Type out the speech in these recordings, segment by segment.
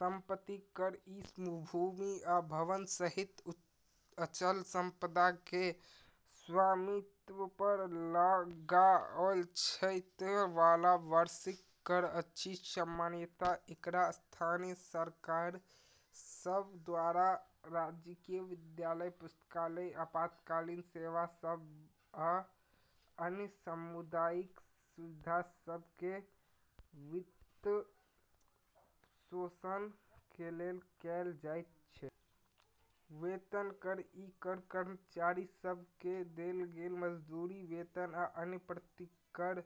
संपत्ति कर: ई भूमि आ भवन सहित अचल संपदा के स्वामित्व पर लगाओल जाइत वाला वार्षिक कर अछि। सामान्यतः एकरा स्थानीय सरकार सभ द्वारा राजकीय विद्यालय, पुस्तकालय, आपातकालीन सेवा सभ, आ अन्य सामुदायिक सुविधा सभ के वित्तपोषण के लेल कएल जाइत छै। वेतन कर: ई कर कर्मचारी सभ के देल गेल मजदूरी, वेतन, आ अन्य प्रतिकर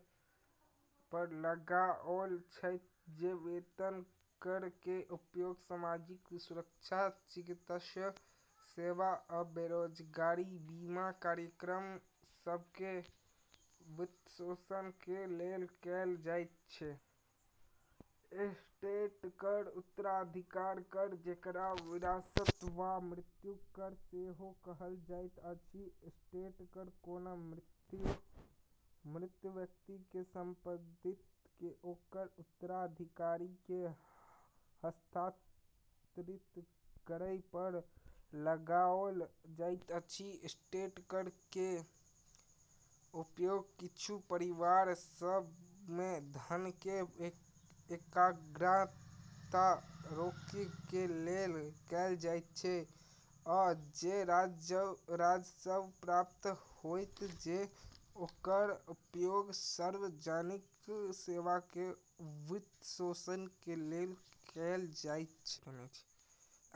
पर लगाओल जाइत छै। वेतन कर के उपयोग सामाजिक सुरक्षा, चिकित्सा सेवा, आ बेरोजगारी बीमा कार्यक्रम सभ के वित्तपोषण के लेल कएल जाइत छै। एस्टेट कर (उत्तराधिकार कर): जेकरा विरासत वा मृत्यु कर सेहो कहल जाइत अछि, एस्टेट कर कोनो मृत व्यक्ति के संपत्ति के ओकर उत्तराधिकारी के हस्तांतरित करय पर लगाओल जाइत अछि। एस्टेट कर के उपयोग किछु परिवार सभ में धन के एकाग्रता रोकय के लेल कएल जाइत छै, आ जे राजस्व प्राप्त होइत छै ओकर उपयोग सार्वजनिक सेवा के वित्तपोषण के लेल कएल जाइत छै।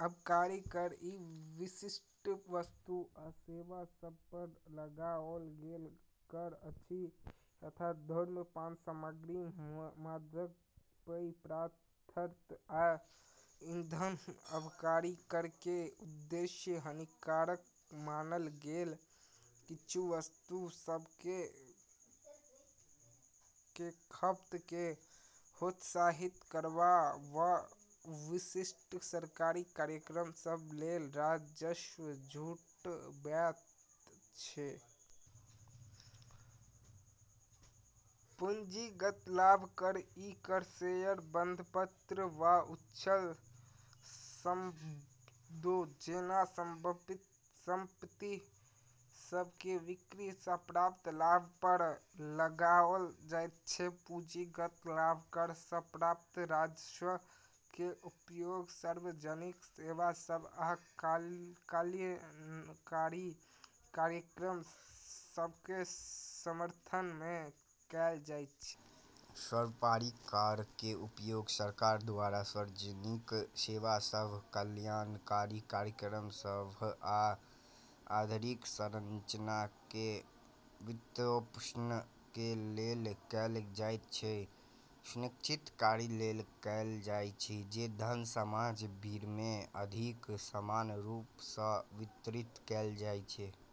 आबकारी कर: ई विशिष्ट वस्तु आ सेवा सभ पर लगाओल गेल कर अछि, यथा धूम्रपान सामग्री, मादक पेय पदार्थ, आ ईंधन। आबकारी कर के उद्देश्य हानिकारक मानल गेल किछु वस्तु सभ के खपत के हतोत्साहित करब वा विशिष्ट सरकारी कार्यक्रम सभ लेल राजस्व जुटबैत छै। पूंजीगत लाभ कर: ई कर शेयर, बंधपत्र, वा अचल संपदा जेना संपत्ति सभ के विक्रय सँ प्राप्त लाभ पर लगाओल जाइत छै। पूंजीगत लाभ कर सँ प्राप्त राजस्व के उपयोग सार्वजनिक सेवा सभ आ कल्याणकारी कार्यक्रम सभ के समर्थन में कएल जाइत छै। सर्वोपरि, कर के उपयोग सरकार द्वारा सार्वजनिक सेवा सभ, कल्याणकारी कार्यक्रम सभ, आ आधारिक संरचना के वित्तपोषण के लेल कएल जाइत छै, आ ई सुनिश्चित करय लेल कएल जाइत छै जे धन समाज भरिमे अधिक समान रूप सँ वितरित कयल जाइत छै।